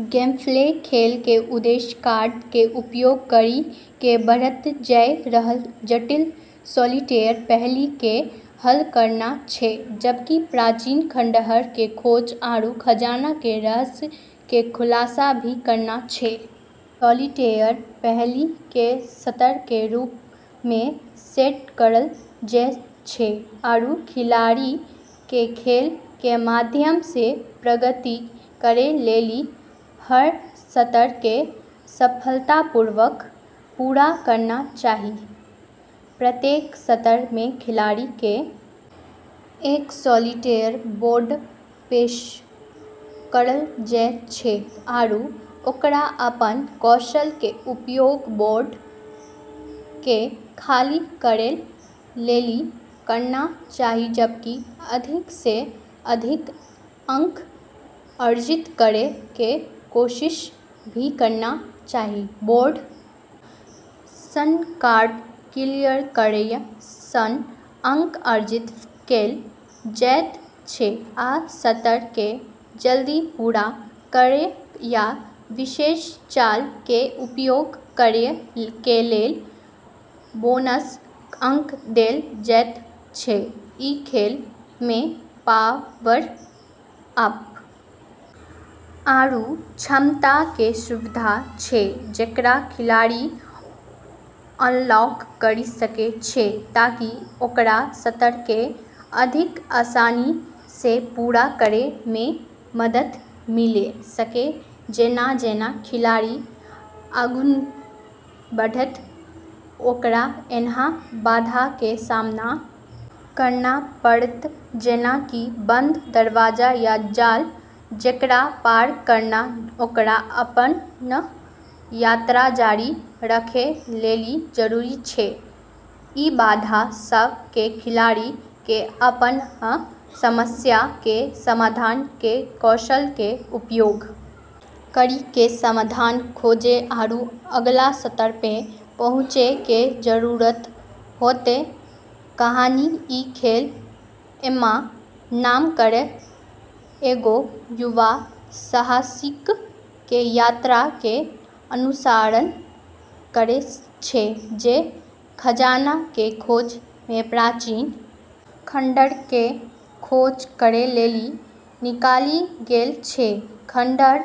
Gameplay खेल के उद्देश्य कार्ड के उपयोग करी के बढ़त जाय रहलऽ जटिल सॉलिटेयर पहेली के हल करना छै, जबकि प्राचीन खंडहर के खोज आरू खजाना के रहस्य के खुलासा भी करना छै, सॉलिटेयर पहेली के स्तर के रूप मे सेट करलऽ जाय छै आरू खिलाड़ी के खेल के माध्यम से प्रगति करै लेली हर स्तर के सफलतापूर्वक पूरा करना चाहि, प्रत्येक स्तर मे खिलाड़ी के एक सॉलिटेयर बोर्ड पेश करलऽ जाय छै आरू ओकरा अपनऽ कौशल के उपयोग बोर्ड के खाली करै लेली करना चाहि जबकि अधिक से अधिक अंक अर्जित करै के कोशिश भी करना चाहि, बोर्ड सं कार्ड क्लियर करय सं अंक अर्जित कैल जायत छै आ स्तर कें जल्दी पूरा करय या विशेष चाल कें उपयोग करय कें लेल बोनस अंक देल जायत छै, ई खेल मे पावर-अप आरू क्षमता के सुविधा छै जेकरा खिलाड़ी अनलॉक करी सकै छै ताकि ओकरा स्तर के अधिक आसानी से पूरा करै मे मदद मिले सके जेना-जेना खिलाड़ी आगू बढ़तै ओकरा ऐन्हऽ बाधा के सामना करना पड़तै जेना कि बंद दरवाजा या जाल जेकरा पार करना ओकरा अपनऽ यात्रा जारी रखै लेली जरूरी छै, ई बाधा सब के खिलाड़ी के अपनऽ समस्या के समाधान के कौशल के उपयोग करी के समाधान खोजै आरू अगला स्तर पे पहुँचै के जरूरत होतै, कहानी ई खेल एम्मा नाम केरऽ एगो युवा साहसिक के यात्रा के अनुसरण करै छै जे खजाना के खोज मे प्राचीन खंडहर के खोज करै लेली निकली गेलऽ छै, खंडहर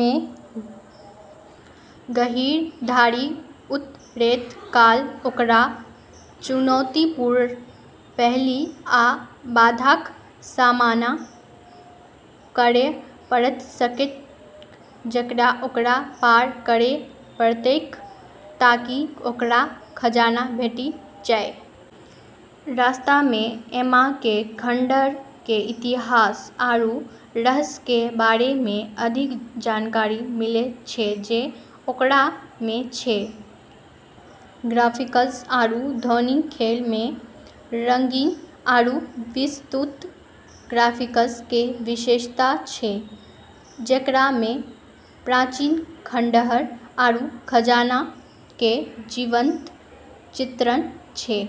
मे गहींर धरि उतरैत काल ओकरा चुनौतीपूर्ण पहेली आ बाधाक सामना करय पड़ैत छैक जकरा ओकरा पार करय पड़तैक ताकि ओकरा खजाना भेटि जाय, रास्ता में एम्मा के खंडहर के इतिहास आरू रहस्य के बारे में अधिक जानकारी मिलै छै जे ओकरा में छै, ग्राफिक्स आरू ध्वनि खेल मे रंगीन आरू विस्तृत ग्राफिक्स के विशेषता छै जेकरा मे प्राचीन खंडहर आरू खजाना के जीवंत चित्रण छै।